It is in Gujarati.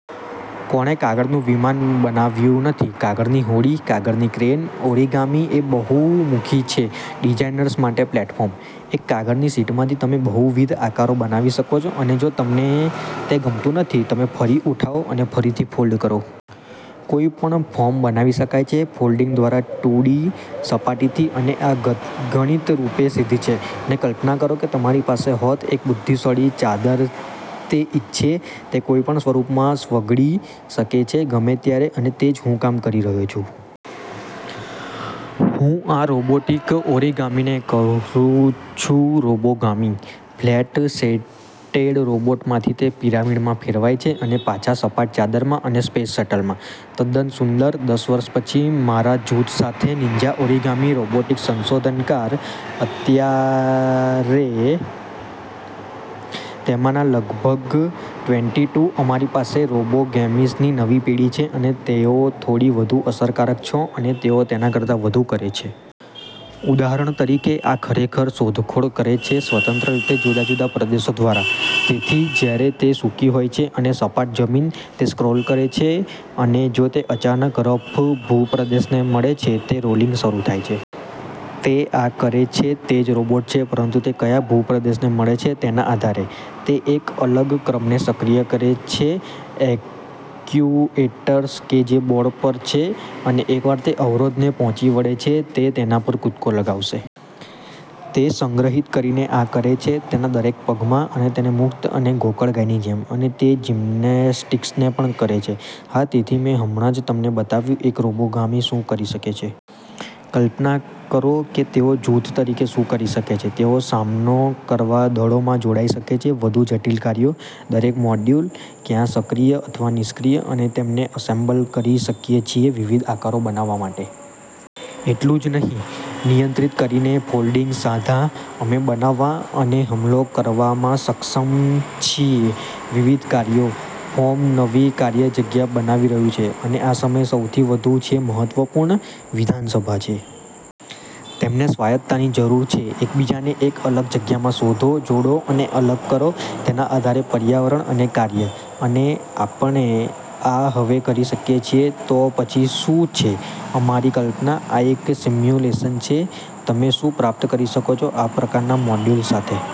કોણે કાગળનું વિમાન બનાવ્યું નથી? કાગળની હોડી? કાગળની ક્રેન? ઓરિગામિ એ બહુમુખી છે ડિઝાઇનર્સ માટે પ્લેટફોર્મ. એક કાગળની શીટમાંથી તમે બહુવિધ આકારો બનાવી શકો છો અને જો તમને તે ગમતું નથી, તમે ફરી ઉઠાવો અને ફરીથી ફોલ્ડ કરો. કોઈપણ ફોર્મ બનાવી શકાય છે ફોલ્ડિંગ દ્વારા ટુ ડી સપાટીથી અને આ ગણિતરૂપે સિદ્ધ છે. અને કલ્પના કરો કે તમારી પાસે હોત એક બુદ્ધિશાળી ચાદર તે ઇચ્છે તે કોઈપણ સ્વરૂપમાં સ્વગડી શકે છે ગમે ત્યારે અને તે જ હું કામ કરી રહ્યો છું. હું આ રોબોટિક ઓરિગામિને કરું છું "રોબોગામી". ફ્લેટ-શેટેડ રોબોટમાંથી તે પિરામિડમાં ફેરવાય છે અને પાછા સપાટ ચાદરમાં અને સ્પેસ શટલમાં. તદ્દન સુંદર. દસ વર્ષ પછી મારા જૂથ સાથે નીન્જા ઓરિગામિ રોબોટિક સંશોધનકાર અત્યારે તેમાંના લગભગ ટ્વેન્ટી ટુ અમારી પાસે રોબોગેમિસની નવી પેઢી છે અને તેઓ થોડી વધુ અસરકારક છો અને તેઓ તેના કરતા વધુ કરે છે. ઉદાહરણ તરીકે, આ ખરેખર શોધખોળ કરે છે સ્વતંત્ર રીતે જુદા જુદા પ્રદેશો દ્વારા. તેથી જ્યારે તે સૂકી હોય છે અને સપાટ જમીન, તે ક્રોલ કરે છે. અને જો તે અચાનક રફ ભૂપ્રદેશને મળે છે, તે રોલિંગ શરૂ થાય છે. તે આ કરે છે તે જ રોબોટ છે પરંતુ તે કયા ભૂપ્રદેશને મળે છે તેના આધારે. તે એક અલગ ક્રમને સક્રિય કરે છે એક્ટ્યુએટર્સ કે જે બોર્ડ પર છે. અને એકવાર તે અવરોધને પહોંચી વળે છે, તે તેના પર કૂદકો લગાવશે. તે સંગ્રહિત કરીને આ કરે છે તેના દરેક પગમાં અને તેને મુક્ત અને ગોકળગાયની જેમ. અને તે જિમ્નેસ્ટિક્સ પણ કરે છે. હા! તેથી મેં હમણાં જ તમને બતાવ્યું એક રોબોગામી શું કરી શકે છે. કલ્પના કરો કે તેઓ જૂથ તરીકે શું કરી શકે છે. તેઓ સામનો કરવા દળોમાં જોડાઈ શકે છે વધુ જટિલ કાર્યો. દરેક મોડ્યુલ, ક્યાં સક્રિય અથવા નિષ્ક્રિય, અમે તેમને એસેમ્બલ કરી શકીએ છીએ વિવિધ આકારો બનાવવા માટે. એટલું જ નહીં, નિયંત્રિત કરીને ફોલ્ડિંગ સાંધા, અમે બનાવવા અને હુમલો કરવામાં સક્ષમ છીએ વિવિધ કાર્યો. ફોર્મ નવી કાર્ય જગ્યા બનાવી રહ્યું છે. અને આ સમયે સૌથી વધુ શું છે મહત્વપૂર્ણ? વિધાનસભા છે. તેમને સ્વાયત્તતાની જરૂર છે. એકબીજાને એક અલગ જગ્યામાં શોધો, જોડો અને અલગ કરો તેના આધારે પર્યાવરણ અને કાર્ય. અને આપણે આ હવે કરી શકીએ છીએ. તો પછી શું છે? અમારી કલ્પના. આ એક સિમ્યુલેશન છે તમે શું પ્રાપ્ત કરી શકો છો આ પ્રકારના મોડ્યુલ સાથે.